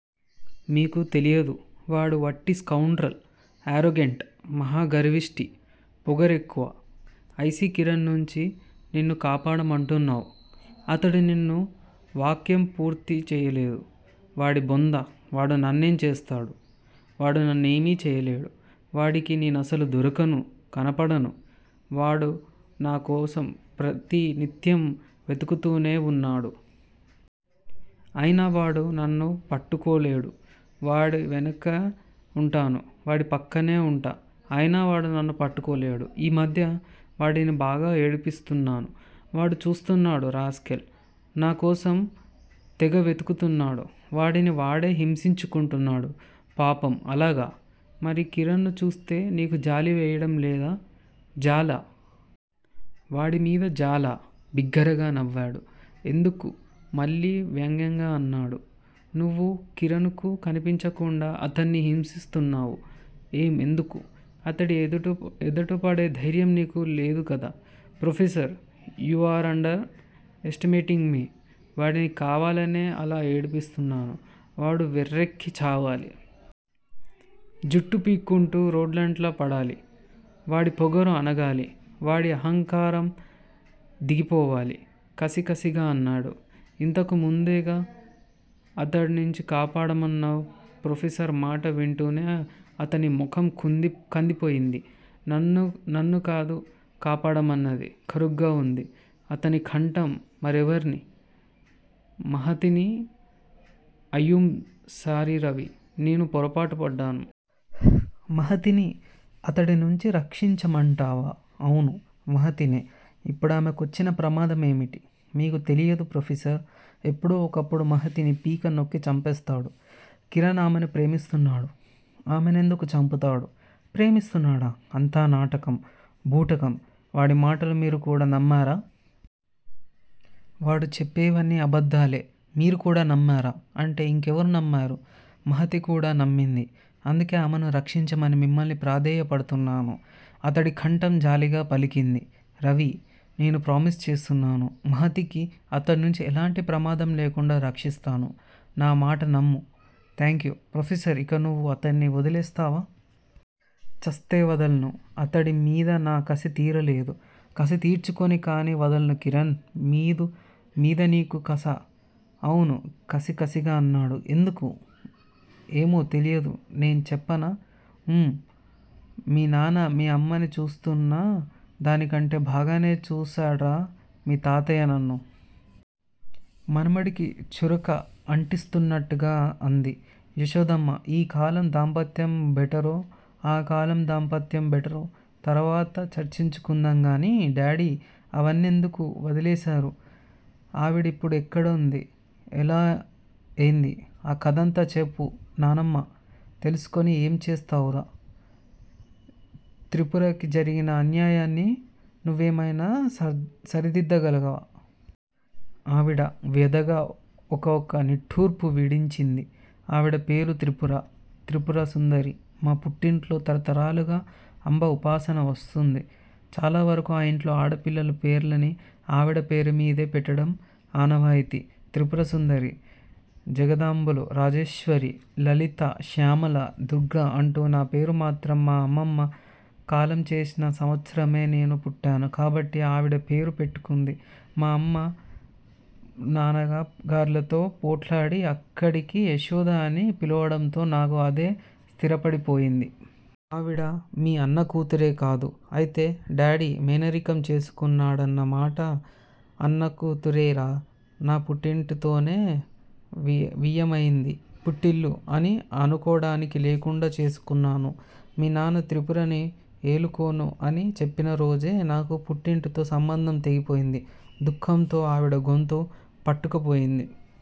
మీకు తెలియదు. వాడు వట్టి స్కౌండ్రల్, యారోగంట్. మహాగర్విష్టి. పొగరెక్కువ. ఐసీ కిరణ్ నుంచి నిన్నుకాపాడమంటున్నావ్. అతడు నిన్ను వాక్యం పూర్తి చెయ్యలేదు. వాడి బొంద. వాడు నన్నేం చేస్తాడు? వాడు నన్నేమీ చేయలేడు. వాడికి నేనసలు దొరకను, కనపడను. వాడునా కోసం ప్రతి నిత్యం వెదుకుతూనే వున్నాడు. అయినా వాడు నన్నుపట్టుకోలేడు. వాడి వెనకే ఉంటాను. వాడి పక్కనే ఉంటా. అయినావాడు నన్ను పట్టుకోలేడు. ఈ మధ్య వాడిని బాగా ఏడ్పిస్తున్నాను. వాడు చస్తున్నాడు రాస్కెల్. నాకోసం తెగవెతుకుతున్నాడు. వాడిని వాడే హింసించుకుంటున్నాడు. పాపం అలాగా? మరి కిరణ్ ను చూస్తే నీకు జాలి వెయ్యడం లేదూ జాలా? వాడి మీద జాలా? బిగ్గరగా నవ్వాడు. ఎందుకూ మళ్ళీ వ్యంగ్యంగా అన్నాడు. నువు కిరణ్ కు కన్పించకుండా అతడ్ని హింసిస్తున్నావు. ఏం ఎందుకు? అతడి ఎదుటపడే ధైర్యం నీకు లేదుకదూ. Professor! You are underestimating me. వాడిని కావాలనే అలా ఏడ్పిస్తున్నాను. వాడు వెర్రెక్కి చావాలి. జుట్టు పీక్కుంటూ రోడ్లంట పడాలి. వాడిపొగరు అణగాలి. వాడి అహంకారందిగిపోవాలి కసికసిగా అన్నాడు. ఇంతకు ముందేగా అతడ్నుంచికాపాడమన్నావ్? ప్రొఫెసర్ మాట వింటూనే అతని ముఖం కందిపోయింది. నన్ను కాదు కాపాడమన్నది కరుగ్గా వుంది అతని కంఠం. మరెవర్ని? మహతిని ఐయామ్ సారీ రవి! నేను పొరపాటు పడ్డాను. మహతిని అతడి నుంచి రక్షించమంటావా? అవును. మహతినే ఇప్పుడామె కొచ్చిన ప్రమాదం ఏమిటి? మీకు తెలియదు ప్రొఫెసర్. ఎప్పుడో ఒకప్పుడు మహతిని పీక నొక్కి చంపేస్తాడు. కిరణ్ ఆమెను ప్రేమిస్తున్నాడు. ఆమెను ఎందుకు చంపుతాడు? ప్రేమిస్తున్నాడా? అంతా నాటకం. బూటకం. వాడి మాటలు మీరు కూడా నమ్మారా? వాడుచెప్పేవన్నీ అబద్దాలే మీరు కూడా నమ్మారా అంటే ఇంకెవరు నమ్మారు? మహతి కూడానమ్మింది. అందుకే ఆమెను రక్షించమని మిమ్మల్ని ప్రాధేయ పడుతున్నాను అతడి కంఠం జాలిగా పలికింది. రవి, నేను ప్రామిస్ చేస్తున్నాను. మహతికి అతడ్నుంచి ఎలాంటి ప్రమాదం లేకుండా రక్షిస్తాను. నా మాట నమ్ము థాంక్యూ, ప్రొఫెసర్ ఇక నువు అతడ్ని వొదిలేస్తావా? ఛస్తే వదల్ను. అతడి మీద నా కసి తీరలేదు. కసి తీర్చుకొని కాని వదల్ను కిరణ్ మీద నీకు కసా? అవును కసి కసిగా అన్నాడు. ఎందుకూ ఏమో తెలియదు నే చెప్పనా? ఊ। మీ నాన్న మీ అమ్మని చూస్తున్న దానికంటే బాగానే చూశాడురా మీ తాతయ్య నన్ను! మనుమడికి చురక అంటిస్తూన్నట్టుగా అంది యశోదమ్మ. ఈ కాలం దాంపత్యం బెటరో, ఆ కాలం దాంపత్యం బెటరో తరువాత చర్చించుకుందాంగాని డాడి ఆవణ్నేందుకు వదిలేశారు? ఆవిడ ఇప్పుడు ఎక్కడుంది? ఎలా ఎంది? ఆ కథంతా చెప్పు నాయనమ్మ! తెలుసుకొని ఏం చేస్తావురా? త్రిపురకి జరిగిన అన్యాయాన్ని నువ్వెమ్తెన సరిదిద్ధగాలవా? ఆవిడ వ్యదగా ఒక ఒక నిట్టూర్పు విడించిది. ఆవిడ పేరు త్రిపురా? త్రిపురసుందరి మా పుట్టింట్లో తరతరాలుగా అంబ ఉపాసన వస్తూంది చాలావరకు ఆ ఇంట్లో ఆడపిల్లల పేర్లన్నీ ఆవిడ పేరుమీదే పెట్టడం ఆనవాయితి! త్రిపురసుందరి. జగదాంబాలు, రాజరాజేశ్వరి, లలిత, శ్యామల, దుర్గా అంటూ. నాపేరు మాత్రం మా అమ్మమ్మ కాలంచేసిన సంవత్సరమే నేను పుట్టాను కాబట్టి ఆవిడ పేరు పెట్టుకొంది మా అమ్మ, మానాన్న గారితో పోట్లాడి, అక్కడికి యశోద అని పిలువడంతో నాకు అదే స్ధిరపడి పోయింది! ఆవిడ మీ అన్నకూతురే కదూ? అయితే డాడి మేనరికం చేసుకొన్నాడన్న మాట! అన్నకుతురేరా! నా పుట్టింటితోనే వియ్యమంది పుట్టిల్లు అని అనుకోడానికి లేకుండా చేసుకొన్నాను! మీ నాన్న త్రిపురని ఎలుకోను అని చెప్పిన రోజే నాకు పుట్టింటితో సంబంధం తెగిపోయింది! దుఃఖం తో ఆవిడ గొంతు పట్టుకుపోయింది.